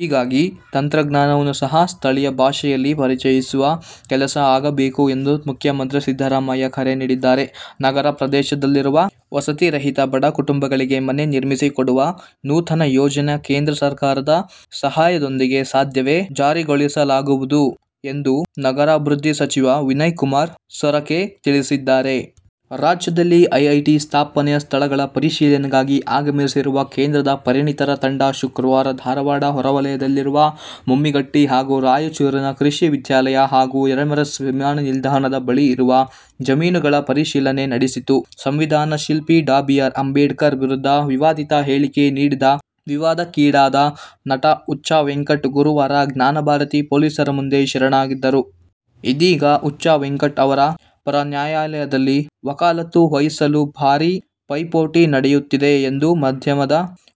ಹೀಗಾಗಿ ತಂತ್ರಜ್ಞಾನವನ್ನು ಸಹ ಸ್ಥಳೀಯ ಭಾಷೆಗಳಲ್ಲಿ ಪರಿಚಯಿಸುವ ಕೆಲಸ ಆಗಬೇಕು ಎಂದು ಮುಖ್ಯಮಂತ್ರಿ ಸಿದ್ದರಾಮಯ್ಯ ಕರೆ ನೀಡಿದ್ದಾರೆ. ನಗರ ಪ್ರದೇಶದಲ್ಲಿರುವ ವಸತಿ ರಹಿತ ಬಡ ಕುಟುಂಬಗಳಿಗೆ ಮನೆ ನಿರ್ಮಿಸಿಕೊಡುವ ನೂತನ ಯೋಜನೆ ಕೇಂದ್ರ ಸರ್ಕಾರದ ಸಹಯೋಗದೊಂದಿಗೆ ಸದ್ಯವೇ ಜಾರಿಗೊಳಿಸ ಲಾಗುವುದು ಎಂದು ನಗರಾಭಿವೃದ್ಧಿ ಸಚಿವ ವಿನಯಕುಮಾರ್ ಸೊರಕೆ ತಿಳಿಸಿದ್ದಾರೆ. ರಾಜ್ಯದಲ್ಲಿ ಐಐಟಿ ಸ್ಥಾಪನೆಯ ಸ್ಥಳ ಪರಿಶೀಲನೆಗಾಗಿ ಆಗಮಿಸಿರುವ ಕೇಂದ್ರದ ಪರಿಣತರ ತಂಡ ಶುಕ್ರವಾರ ಧಾರವಾಡ ಹೊರವಲಯದಲ್ಲಿರುವ ಮುಮ್ಮಿಗಟ್ಟಿ ಹಾಗೂ ರಾಯಚೂರಿನ ಕೃಷಿ ವಿಶ್ವವಿದ್ಯಾಲಯ ಹಾಗೂ ಯರಮರಸ್ ವಿಮಾನ ನಿಲ್ದಾಣದ ಬಳಿ ಇರುವ ಜಮೀನುಗಳ ಪರಿಶೀಲನೆ ನಡೆಸಿತು. ಸಂವಿಧಾನ ಶಿಲ್ಪಿ ಡಾ. ಬಿ. ಆರ್. ಅಂಬೇಡ್ಕರ್ ವಿರುದ್ಧ ವಿವಾದಿತ ಹೇಳಿಕೆ ನೀಡಿ ವಿವಾದಕ್ಕೀಡಾಗಿದ್ದ ನಟ ಹುಚ್ಚ ವೆಂಕಟ್ ಗುರುವಾರ ಜ್ಞಾನಭಾರತಿ ಪೊಲೀಸರ ಮುಂದೆ ಶರಣಾಗಿದ್ದರು. ಇದೀಗ ಹುಚ್ಚ ವೆಂಕಟ್ ಅವರ ಪರ ನ್ಯಾಯಾಲಯದಲ್ಲಿ ವಕಾಲತ್ತು ವಹಿಸಲು ಭಾರೀ ಪೈಪೋಟಿ ನಡೆಯುತ್ತಿದೆ ಎಂದು ಮಾಧ್ಯಮದ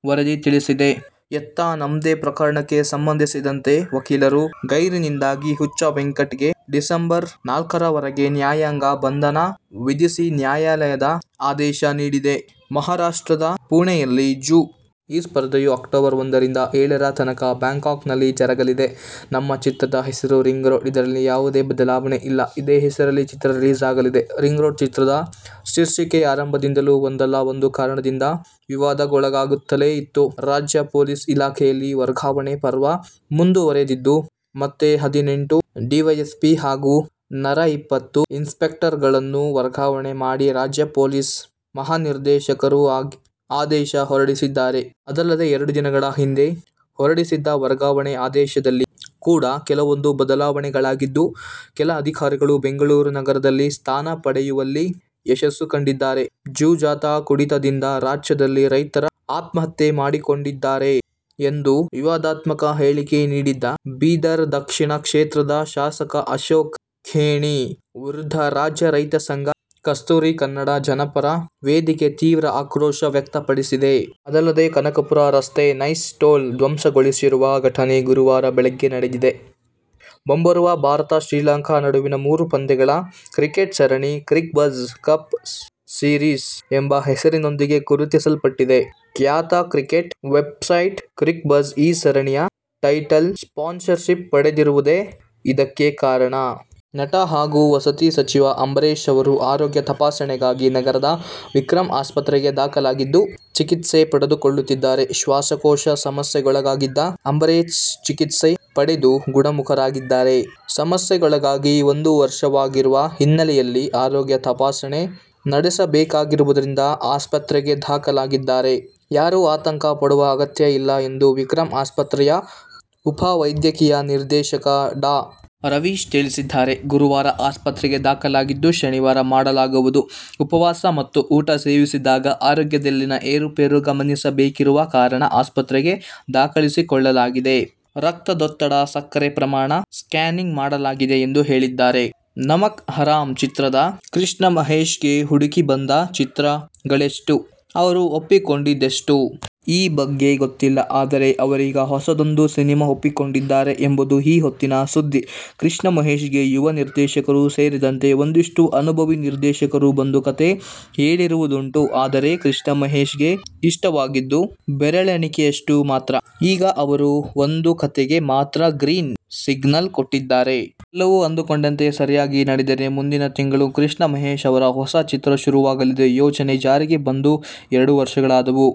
ವರದಿ ತಿಳಿಸಿದೆ. ಏತನ್ಮಧ್ಯೆ ಪ್ರಕರಣಕ್ಕೆ ಸಂಬಂಧಿಸಿದಂತೆ ವಕೀಲರು ಗೈರಿನಿಂದಾಗಿ ಹುಚ್ಚ ವೆಂಕಟ್ ಗೆ ಡಿಸೆಂಬರ್ ನಾಲ್ಕರವರೆಗೆ ನ್ಯಾಯಾಂಗ ಬಂಧನ ವಿಧಿಸಿ ನ್ಯಾಯಾಲಯ ಆದೇಶ ನೀಡಿದೆ. ಮಹಾರಾಷ್ಟ್ರದ ಪುಣೆಯಲ್ಲಿ ಜು. ಈ ಸ್ಪರ್ಧೆಯು ಅಕ್ಟೋಬರ್ ಒಂದರಿಂದ ಏಳರತನಕ ಬ್ಯಾಂಕಾಂಕ್ನಲ್ಲಿ ಜರಗಲಿದೆ. ನಮ್ಮ ಚಿತ್ರದ ಹೆಸರು ರಿಂಗ್ರೋಡ್. ಇದರಲ್ಲಿ ಯಾವುದೇ ಬದಲಾವಣೆ ಇಲ್ಲ. ಇದೇ ಹೆಸರಲ್ಲೇ ಚಿತ್ರ ರಿಲೀಸ್ ಆಗಲಿದೆ. ರಿಂಗ್ರೋಡ್' ಚಿತ್ರದ ಶೀರ್ಷಿಕೆ ಆರಂಭದಿಂದಲೂ ಒಂದಲ್ಲ ಒಂದು ಕಾರಣದಿಂದ ವಿವಾದಕ್ಕೊಳಗಾಗುತ್ತಲೇ ಇತ್ತು. ರಾಜ್ಯ ಪೊಲೀಸ್ ಇಲಾಖೆಯಲ್ಲಿ ವರ್ಗಾವಣೆ ಪರ್ವ ಮುಂದುವರೆದಿದ್ದು, ಮತ್ತೆ ಹದಿನೆಂಟು ಡಿವೈಎಸ್ಪಿ ಹಾಗೂ ನರ ಇಪ್ಪತ್ತು ಇನ್ಸ್ಪೆಕ್ಟರ್ಗಳನ್ನು ವರ್ಗಾವಣೆ ಮಾಡಿ ರಾಜ್ಯ ಪೊಲೀಸ್ ಮಹಾನಿರ್ದೇಶಕರು ಆದೇಶ ಹೊರಡಿಸಿದ್ದಾರೆ. ಅಲ್ಲದೆ, ಎರಡು ದಿನಗಳ ಹಿಂದೆ ಹೊರಡಿಸಲಾಗಿದ್ದ ವರ್ಗಾವಣೆ ಆದೇಶದಲ್ಲಿ ಕೂಡ ಕೆಲವೊಂದು ಬದಲಾವಣೆಗಳಾಗಿದ್ದು, ಕೆಲ ಅಧಿಕಾರಿಗಳು ಬೆಂಗಳೂರು ನಗರದಲ್ಲಿ ಸ್ಥಾನ ಪಡೆಯುವಲ್ಲಿ ಯಶಸ್ಸು ಕಂಡಿದ್ದಾರೆ. ಜೂಜಾಟ, ಕುಡಿತದಿಂದಾಗಿ ರಾಜ್ಯದಲ್ಲಿ ರೈತರು ಆತ್ಮಹತ್ಯೆ ಮಾಡಿಕೊಂಡಿದ್ದಾರೆ ಎಂದು ವಿವಾದಾತ್ಮಕ ಹೇಳಿಕೆ ನೀಡಿದ್ದ ಬೀದರ್ ದಕ್ಷಿಣ ಕ್ಷೇತ್ರದ ಶಾಸಕ ಅಶೋಕ್ ಖೇಣಿ ವಿರುದ್ಧ ರಾಜ್ಯ ರೈತಸಂಘ, ಕಸ್ತೂರಿ ಕನ್ನಡ ಜನಪರ ವೇದಿಕೆ ತೀವ್ರ ಆಕ್ರೋಶ ವ್ಯಕ್ತಪಡಿಸಿದೆ. ಅಲ್ಲದೇ ಕನಕಪುರ ರಸ್ತೆಯ ನೈಸ್ ಟೋಲ್ ಧ್ವಂಸಗೊಳಿಸಿರುವ ಘಟನೆ ಗುರುವಾರ ಬೆಳಗ್ಗೆ ನಡೆದಿದೆ. ಮುಂಬರುವ ಭಾರತ-ಶ್ರೀಲಂಕಾ ನಡುವಿನ ಮೂರು ಪಂದ್ಯಗಳ ಕ್ರಿಕೆಟ್ ಸರಣಿ "ಕ್ರಿಕ್ಬಝ್ ಕಪ್ ಸೀರೀಸ್' ಎಂಬ ಹೆಸರಿನೊಂದಿಗೆ ಗುರುತಿಸಲ್ಪಡಲಿದೆ. ಖ್ಯಾತ ಕ್ರಿಕೆಟ್ ವೆಬ್ಸೈಟ್ "ಕ್ರಿಕ್ಬಝ್' ಈ ಸರಣಿಯ ಟೈಟಲ್ ಸ್ಪಾನ್ಸರ್ಶಿಪ್ ಪಡೆದಿರುವುದೇ ಇದಕ್ಕೆ ಕಾರಣ. ನಟ ಹಾಗೂ ವಸತಿ ಸಚಿವ ಅಂಬರೀಶ್ ಅವರು ಆರೋಗ್ಯ ತಪಾಸಣೆಗಾಗಿ ನಗರದ ವಿಕ್ರಂ ಆಸ್ಪತ್ರೆಗೆ ದಾಖಲಾಗಿದ್ದು, ಚಿಕಿತ್ಸೆ ಪಡೆದುಕೊಳ್ಳುತ್ತಿದ್ದಾರೆ. ಶ್ವಾಸಕೋಶ ಸಮಸ್ಯೆಗೊಳಗಾಗಿದ್ದ ಅಂಬರೀಶ್ ಚಿಕಿತ್ಸೆ ಪಡೆದು ಗುಣಮುಖರಾಗಿದ್ದಾರೆ. ಸಮಸ್ಯೆಗೊಳಗಾಗಿ ಒಂದು ವರ್ಷವಾಗಿರುವ ಹಿನ್ನೆಲೆಯಲ್ಲಿ ಆರೋಗ್ಯ ತಪಾಸಣೆ ನಡೆಸಬೇಕಾಗಿರುವುದರಿಂದ ಆಸ್ಪತ್ರೆಗೆ ದಾಖಲಾಗಿದ್ದಾರೆ. ಯಾರೂ ಆತಂಕ ಪಡುವ ಅಗತ್ಯ ಇಲ್ಲ ಎಂದು ವಿಕ್ರಂ ಆಸ್ಪತ್ರೆಯ ಉಪ ವೈದ್ಯಕೀಯ ನಿರ್ದೇಶಕ ಡಾ. ರವೀಶ್ ತಿಳಿಸಿದ್ದಾರೆ. ಗುರುವಾರ ಆಸ್ಪತ್ರೆಗೆ ದಾಖಲಾಗಿದ್ದು, ಶನಿವಾರ ಮಾಡಲಾಗುವುದು. ಉಪವಾಸ ಮತ್ತು ಊಟ ಸೇವಿಸಿದಾಗ ಆರೋಗ್ಯದಲ್ಲಿನ ಏರುಪೇರು ಗಮನಿಸಬೇಕಿರುವ ಕಾರಣ ಆಸ್ಪತ್ರೆಗೆ ದಾಖಲಿಸಿಕೊಳ್ಳಲಾಗಿದೆ. ರಕ್ತದೊತ್ತಡ, ಸಕ್ಕರೆ ಪ್ರಮಾಣ, ಸ್ಕ್ಯಾನಿಂಗ್ ಮಾಡಲಾಗಿದೆ ಎಂದು ಹೇಳಿದ್ದಾರೆ. ನಮಕ್ ಹರಾಮ್ ಚಿತ್ರದ ನಂತರ ಕೃಷ್ಣಮಹೇಶ್ಗೆ ಹುಡುಕಿ ಬಂದ ಚಿತ್ರಗಳೆಷ್ಟು? ಅವರು ಒಪ್ಪಿಕೊಂಡಿದ್ದೆಷ್ಟು? ಈ ಬಗ್ಗೆ ಗೊತ್ತಿಲ್ಲ. ಆದರೆ, ಅವರೀಗ ಹೊಸದೊಂದು ಸಿನಿಮಾ ಒಪ್ಪಿಕೊಂಡಿದ್ದಾರೆ ಎಂಬುದು ಈ ಹೊತ್ತಿನ ಸುದ್ದಿ. ಕೃಷ್ಣಮಹೇಶ್ಗೆ ಯುವ ನಿರ್ದೇಶಕರು ಸೇರಿದಂತೆ ಒಂದಷ್ಟು ಅನುಭವಿ ನಿರ್ದೇಶಕರು ಬಂದು ಕಥೆ ಹೇಳಿರುವುದುಂಟು. ಆದರೆ, ಕೃಷ್ಣಮಹೇಶ್ಗೆ ಇಷ್ಟವಾಗಿದ್ದು, ಬೆರಳೆಣಿಕೆಯಷ್ಟು ಮಾತ್ರ. ಈಗ ಅವರು ಒಂದು ಕಥೆಗೆ ಮಾತ್ರ ಗ್ರೀನ್ ಸಿಗ್ನಲ್ ಕೊಟ್ಟಿದ್ದಾರೆ. ಎಲ್ಲವೂ ಅಂದುಕೊಂಡಂತೆ ಸರಿಯಾಗಿ ನಡೆದರೆ ಮುಂದಿನ ತಿಂಗಳು ಕೃಷ್ಣ ಮಹೇಶ್ ಅವರ ಹೊಸ ಚಿತ್ರ ಶುರುವಾಗಲಿದೆ. ಯೋಜನೆ ಜಾರಿಗೆ ಬಂದು ಎರಡು ವರ್ಷಗಳಾದವು.